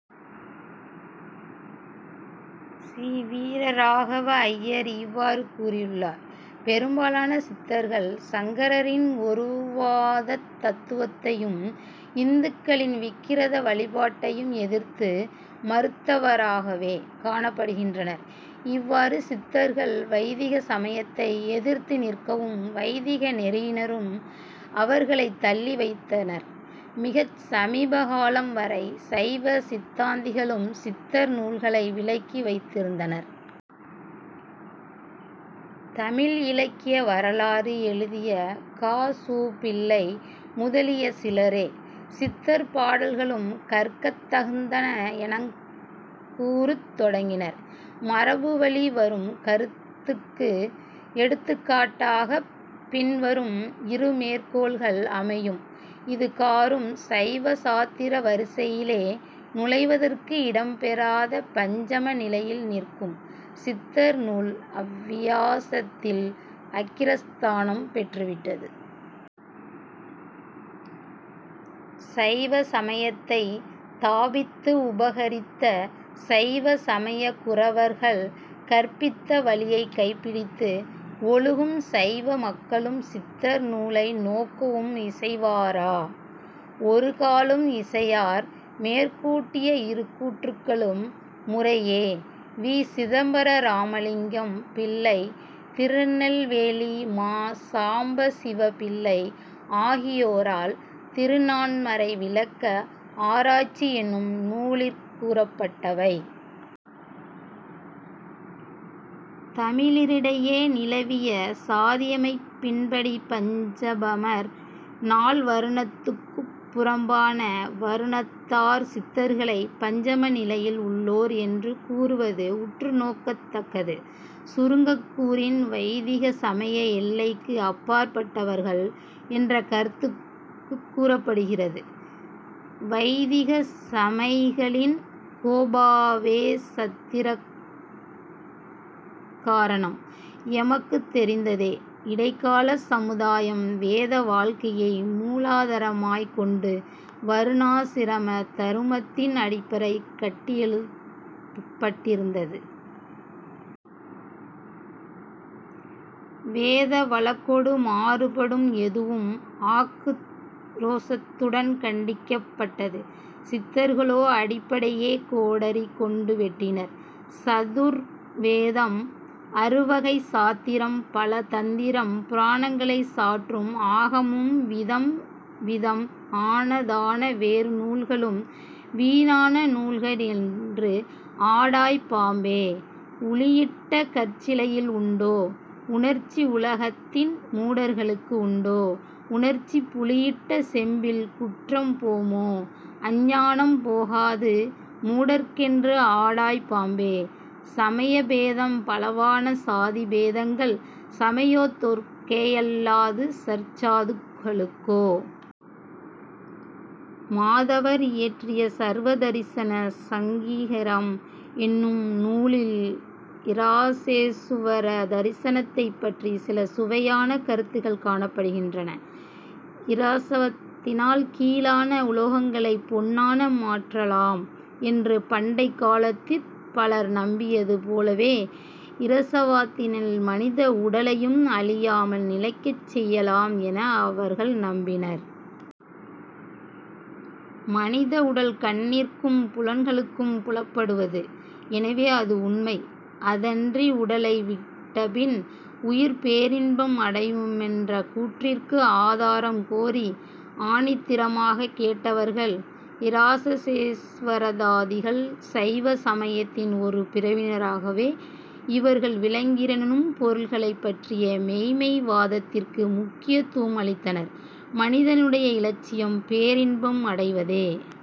C. Veeraraghava Iyer இவ்வாறு கூறியுள்ளார்: "பெரும்பாலான சித்தர்கள் சங்கரரின் ஒருவாதத் தத்துவத்தையும் இந்துக்களின் விக்கிரக வழிபாட்டையும் எதிர்த்து மறுத்தவராகவே காணப்படுகின்றனர். " இவ்வாறு சித்தர்கள் வைதிக சமயத்தை எதிர்த்து நிற்கவும், வைதிக நெறியினரும் அவர்களைத் தள்ளி வைத்தனர். மிகச் சமீபகாலம் வரை சைவ சித்தாந்திகளும் சித்தர் நூல்களை விலக்கி வைத்திருந்தனர். தமிழ் இலக்கிய வரலாறு எழுதிய கா. சு. பிள்ளை முதலிய சிலரே சித்தர் பாடல்களும் கற்கத் தகுந்தன எனக் கூறுத் தொடங்கினர். மரபு வழி வரும் கருத்துக்கு எடுத்துக்காட்டாகப் பின்வரும் இரு மேற்கோள்கள் அமையும். "இதுகாறும் சைவ சாத்திர வரிசையிலே நுழைவதற்கு இடம் பெறாத பஞ்சம நிலையிலே நிற்கும் சித்தர் நூல் அவ்வியாசத்தில் அக்கிரஸ்தானம் பெற்றுவிட்டது. "சைவ சமயத்தைத் தாபித்து உபகரித்த சைவ சமய குரவர்கள் கற்பித்த வழியைக் கைப்பிடித்து ஒழுகும் சைவ மக்களும் சித்தர் நூலை நோக்கவும் இசைவாரா? ஒருகாலும் இசையார். " மேற்கூட்டிய இரு கூற்றுக்களும் முறையே வி. சிதம்பர ராமலிங்கம் பிள்ளை, திருநெல்வேலி மா. சாம்பசிவ பிள்ளை ஆகியோரால் திருநான்மறை விளக்க ஆராய்ச்சி என்னும் நூலிற் கூறப்பட்டவை. தமிழரிடையே நிலவிய சாதியமைப்பின்படி, பஞ்சமர் நால் வருணத்துக்குப் புறம்பான வருணத்தார்; சித்தர்களைப் பஞ்சம நிலையில் உள்ளோர் என்று கூறுவது உற்று நோக்கத்தக்கது. சுருங்கக் கூறின், வைதிக சமய எல்லைக்கு அப்பாற்பட்டவர்கள் என்ற கருத்துக் கூறப்படுகிறது. வைதிக சமயிகளின் கோபாவேசத்திறக் காரணம் எமக்குத் தெரிந்ததே. இடைக்காலச் சமுதாயம் வேத வாழ்க்கையை மூலாதாரமாய்க் கொண்டு வருணாசிரம தருமத்தின் அடிப்படையிற் கட்டியெழுப்பப்பட்டிருந்தது. வேத வழக்கொடு மாறுபடும் எதுவும் ஆக்குரோசத்துடன்கண்டிக்கப்பட்டது. சித்தர்களோ அடிப்படையையே கோடரி கொண்டு வெட்டினர். "சதுர் வேதம் அறுவகைச் சாத்திரம் பல தந்திரம் புராணங்களைச் சாற்றும் ஆகமம் விதம் விதம் ஆனதான வேறு நூல்களும் வீணான நூல்கள் என்று ஆடாய் பாம்பே! " 'உளியிட்ட கற்சிலையில் உண்டோ உணர்ச்சி உலகத்தின் மூடர்களுக்கு உண்டோ உணர்ச்சி புளியிட்ட செம்பில் குற்றம் போமோ அஞ்ஞானம் போகாது மூடர்க்கென்று ஆடாய் பாம்பே" "சமய பேதம் பலவான சாதி பேதங்கள் சமயத்தோர்க் கேயல்லாது சற்சாதுக் களுக்கோ? மாதவர் இயற்றிய 'சர்வ தரிசன சங்கிரகம்' என்னும் நூலில் இராசேசுவர தரிசனத்தைப் பற்றிச் சில சுவையான கருத்துக்கள் காணப்படுகின்றன. இரசாவாதத்தினால் கீழான உலோகங்களைப் பொன்னாக மாற்றலாம் என்று பண்டைக் காலத்திற் பலர் நம்பியது போலவே இரசவாதத்தினால் மனித உடலையும் அழியாமல் நிலைக்கச் செய்யலாம் என அவர்கள் நம்பினர். மனித உடல் கண்ணிற்கும், புலன்களுக்கும் புலப்படுவது; எனவே அது உண்மை. அதன்றி, உடலை விட்டபின் உயிர் பேரின்பம் அடையுமென்ற கூற்றிற்கு ஆதாரம் கோரி ஆணித்திரமாகக் கேட்டவர்கள் இராசேசுவரவாதிகள்; சைவ சமயத்தின் ஒரு பிரிவினராகவே இவர்கள் விளங்கினரெனினும் பொருள்களைப் பற்றிய மெய்ம்மை வாதத்திற்கு முக்கியத்துவம் அளித்தனர். "மனிதனுடைய இலட்சியம் பேரின்பம் அடைவதே.